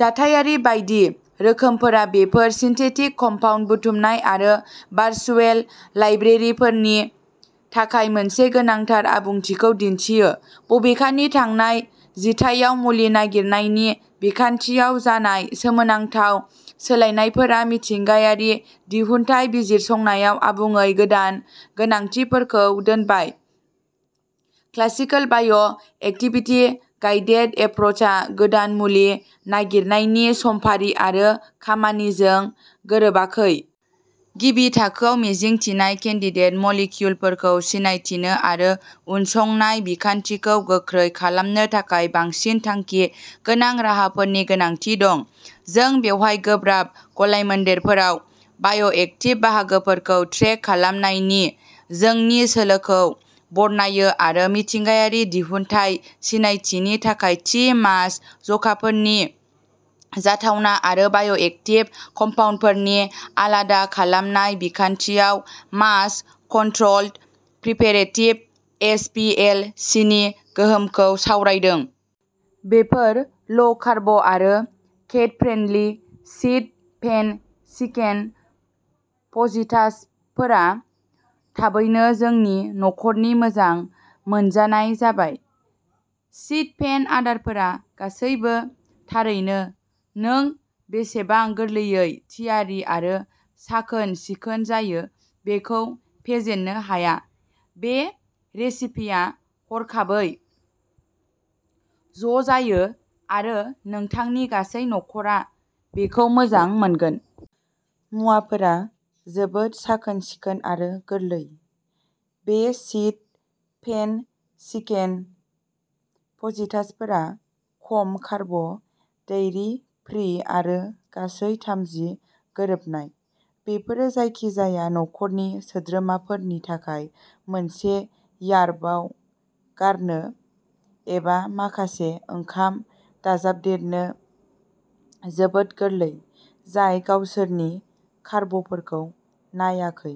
दाथायारि बायदि रोखोमफोरा बेफोर सिन्थेटिक कम्पाउन्ड बुथुमनाय आरो भारसुएल लाइब्रेरिफोरनि थाखाय मोनसे गोनांथार आबुंथिखौ दिन्थियो। बबेखानि थांनाय जिथाइयाव मुलि नागिरनायनि बिखान्थियाव जानाय सोमोनांथाव सोलायनायफोरा मिथिंगायारि दिहुनथाय बिजिरसंनायाव आबुङै गोदान गोनांथिफोरखौ दोनबाय। क्लासिकेल बाय'एक्टिभिटि गाइडेड एप्रोचआ गोदान मुलि नागिरनायनि समफारि आरो खामानिजों गोरोबाखै। गिबि थाखोआव मिजिं थिनाय केन्डिडेट मलिक्युलफोरखौ सिनायथिनो आरो उनसंनाय बिखान्थिखौ गोख्रै खालामनो थाखाय बांसिन थांखि गोनां राहाफोरनि गोनांथि दं। जों बेवहाय गोब्राब गलायमोन्देरफोराव बाय'एक्टिब बाहागोफोरखौ ट्रेक खालामनायनि जोंनि सोलोखौ बरनायो आरो मिथिंगायारि दिहुनथाय सिनायथिनि थाखाय थि मास जखाफोरनि जाथावना आरो बाय'एक्टिब कम्पाउन्डफोरनि आलादा खालामनाय बिखान्थियाव mass controlled preparative H P L C नि गोहोमखौ सावरायदों। बेफोर ल'कार्ब आरो केट'फ्रेन्डलि शीट पैन चिकेन फजितासफोरा थाबैनो जोंनि नखरनि मोजां मोनजानाय जाबाय। शीट पैन आदारफोरा गासैबो। थारैनो नों बेसेबां गोरलैयै थियारि आरो साखोन-सिखोन जायो बेखौ फेजेननो हाया। बे रेसिपिया हरखाबै ज'जायो आरो नोंथांनि गासै नख'रा बेखौ मोजां मोनगोन। मुवाफोरा जोबोद साखोन-सिखोन आरो गोरलै। बे शीट पेन चिकेन फजितासफोरा खम कार्ब डेयरी फ्रि आरो गासै थामजि गोरोबनाय। बेफोरो जायखिजाया नखरनि सोद्रोमाफोरनि थाखाय मोनसे र्यापआव गारनो एबा माखासे ओंखाम दाजाबदेरनो जोबोद गोरलै। जाय गावसोरनि कार्बफोरखौ नायाखै।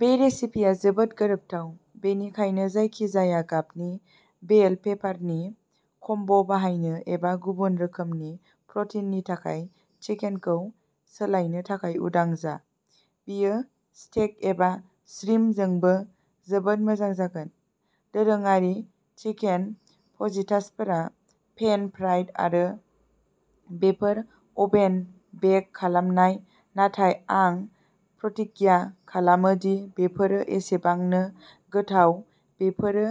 बे रेसिपिया जोबोद गोरोबथाव। बेनिखायनो जायखिजाया गाबनि बेल पेपारनि कम्बो बाहायनो एबा गुबुन रोखोमनि प्रटिननि थाखाय चिकेनखौ सोलायनो थाखाय उदां जा। बेयो स्टेक एबा श्रिमपजोंबो जोबोद मोजां जागोन। दोरोङारि चिकेन फजितासफोरा पेन फ्राइड आरो बेफोर अभेन बेक खालामनाय नाथाय आं प्रतिज्ञा खालामो दि बेफोरो एसेबांनो गोथाव बेफोरो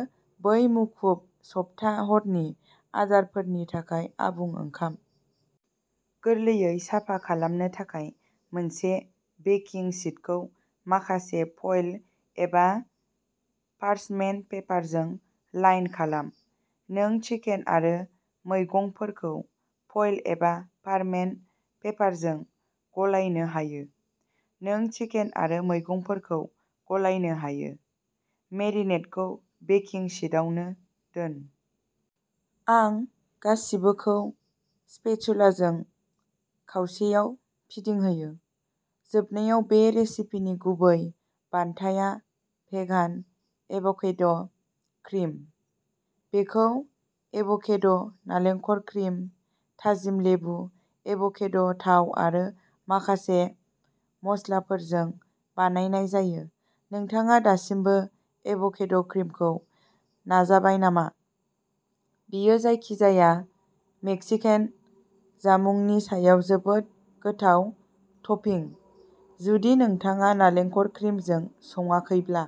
बै मुखुब सप्ता हरनि आदारफोरनि थाखाय आबुं ओंखाम। गोरलैयै साफा खालामनो थाखाय मोनसे बेकिं शीटखौ माखासे फयल एबा पार्चमेन्ट पेपारजों लाइन खालाम। नों चिकेन आरो मैगंफोरखौ फयल एबा पार्चमेन्ट पेपारजों गलायनो हायो। नों चिकेन आरो मैगंफोरखौ गलायनो हायो। मेरिनेडखौ बेकिं शीटआवनो दोन। आं गासिबोखौ स्पेटुलाजों खावसेयाव फिदिंहोयो। जोबनायाव बे रेसिपिनि गुबै बान्थाया भेगान एभ'केडो क्रिम। बेखौ एभ'केडो नालेंखर क्रिम, थाजिम लेबु, एभ'केडो थाव आरो माखासे मस्लाफोरजों बानायनाय जायो। नोंथाङा दासिमबो एभ'केडो क्रिमखौ नाजाबाय नामा? बेयो जायखिजाया मेक्सिकान जामुंनि सायाव जोबोद गोथाव टपिं। जुदि नोंथाङा नालेंखर क्रिमजों संङाखैब्ला।